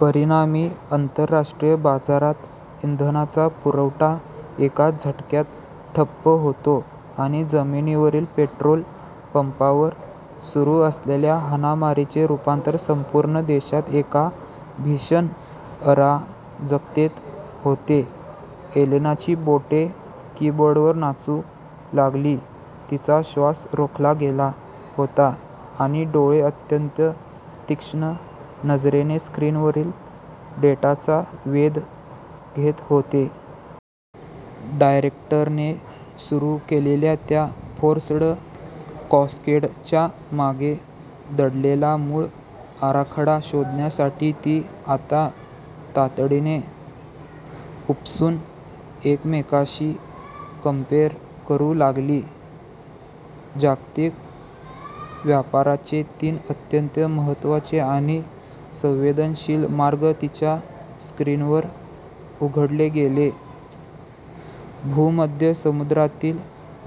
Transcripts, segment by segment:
परिणामी, आंतरराष्ट्रीय बाजारात इंधनाचा पुरवठा एका झटक्यात ठप्प होतो आणि जमिनीवर पेट्रोल पंपांवर सुरू असलेल्या हाणामारीचे रूपांतर संपूर्ण देशात एका भीषण अराजकतेत होते. एलेनाची बोटे कीबोर्डवर नाचू लागली. तिचा श्वास रोखला गेला होता, पण डोळे अत्यंत तीक्ष्ण नजरेने स्क्रीनवरील डेटाचा वेध घेत होते. डायरेक्टरने सुरू केलेल्या त्या 'फोर्स्ड कॅस्केड'च्या मागे दडलेला मूळ आराखडा शोधण्यासाठी ती आता तातडीने उपसून एकमेकांशी कंपेअर करू लागली. जागतिक व्यापाराचे तीन अत्यंत महत्त्वाचे आणि संवेदनशील मार्ग तिच्या स्क्रीनवर उघडले गेले. भूमध्य समुद्रातील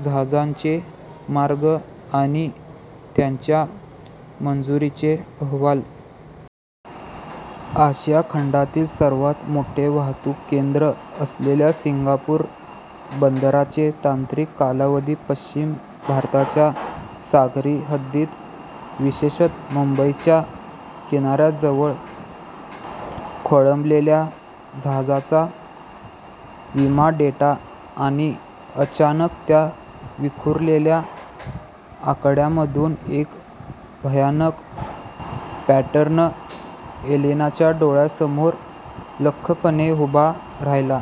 जहाजांचे मार्ग आणि त्यांच्या मंजुरीचे अहवाल. आशिया खंडातील सर्वात मोठे वाहतूक केंद्र असलेल्या सिंगापूर बंदराचे तांत्रिक कालावधी. पश्चिम भारताच्या सागरी हद्दीत, विशेषतः मुंबईच्या किनाऱ्याजवळ खोळंबलेल्या जहाजांचा विमा डेटा आणि अचानक त्या विखुरलेल्या आकड्यांमधून एक भयानक पॅटर्न एलेनाच्या डोळ्यांसमोर लख्खपणे उभा राहिला.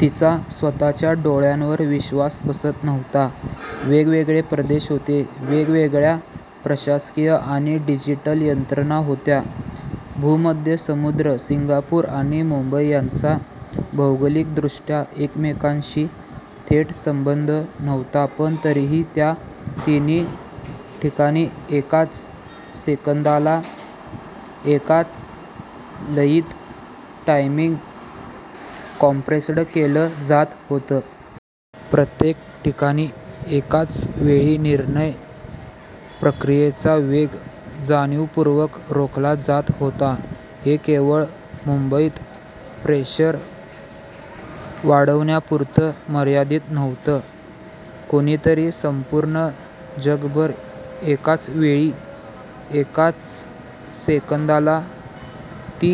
तिचा स्वतःच्या डोळ्यांवर विश्वास बसत नव्हता. वेगवेगळे प्रदेश होते. वेगवेगळ्या प्रशासकीय आणि डिजिटल यंत्रणा होत्या. भूमध्य समुद्र, सिंगापूर आणि मुंबई यांचा भौगोलिक दृष्ट्या एकमेकांशी थेट संबंध नव्हता पण तरीही, या तिन्ही ठिकाणी एकाच सेकंदाला, एकाच लयीत 'टायमिंग कॉम्प्रेस्ड' केलं जात होतं. प्रत्येक ठिकाणी एकाच वेळी निर्णय प्रक्रियेचा वेग जाणीवपूर्वक रोखला जात होता. हे केवळ मुंबईत प्रेशर वाढवण्यापुरतं मर्यादित नव्हतं. कुणीतरी संपूर्ण जगभर, एकाच वेळी, एकाच सेकंदाला ती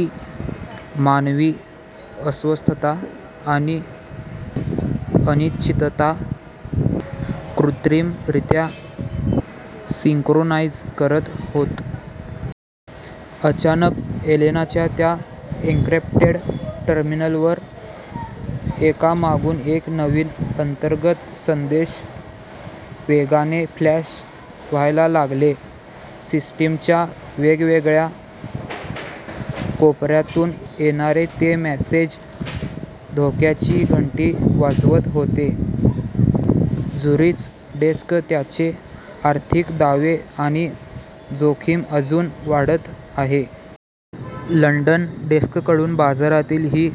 मानवी अस्वस्थता आणि अनिश्चितता कृत्रिमरित्या सिंक्रोनाईज करत होतं. अचानक एलेनाच्या त्या एन्क्रिप्टेड टर्मिनलवर एकामागून एक नवीन अंतर्गत संदेश वेगाने फ्लॅश व्हायला लागले. सिस्टीमच्या वेगवेगळ्या कोपऱ्यांतून येणारे ते मेसेज धोक्याची घंटा वाजवत होते. झुरिच डेस्क त्यांचे आर्थिक दावे आणि जोखीम अजून वाढवत आहे. लंडन डेस्ककडून बाजारातील ही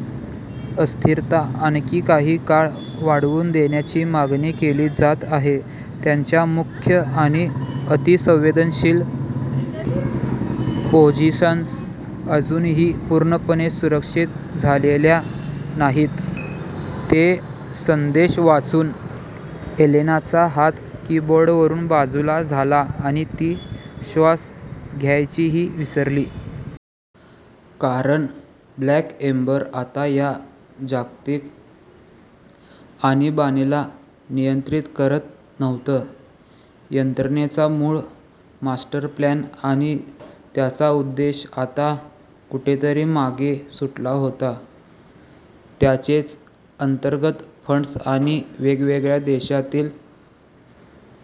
अस्थिरता आणखी काही काळ वाढवून देण्याची मागणी केली जात आहे. त्यांच्या मुख्य आणि अतिसंवेदनशील पोझिशन्स अजूनही पूर्णपणे सुरक्षित झालेल्या नाहीत. ते संदेश वाचून एलेनाचा हात कीबोर्डवरून बाजूला झाला आणि ती श्वास घ्यायचेही विसरली. कारण 'ब्लॅक एम्बर' आता या जागतिक आणीबाणीला नियंत्रित करत नव्हतं. यंत्रणेचा मूळ मास्टरप्लॅन आणि त्याचा उद्देश आता कुठेतरी मागे सुटला होता. त्यांचेच अंतर्गत फंड्स आणि वेगवेगळ्या देशांतील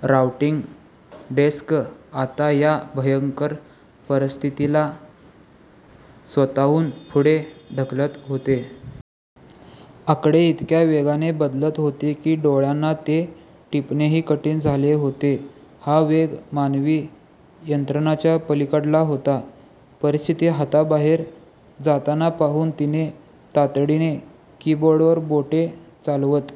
राउटिंग डेस्क आता या भयंकर परिस्थितीला स्वतःहून पुढे ढकलत होते. आकडे इतक्या वेगाने बदलत होते की डोळ्यांना ते टिपणेही कठीण झाले होते. हा वेग मानवी नियंत्रणाच्या पलीकडला होता. परिस्थिती हाताबाहेर जाताना पाहून तिने तातडीने कीबोर्डवर बोटे चालवत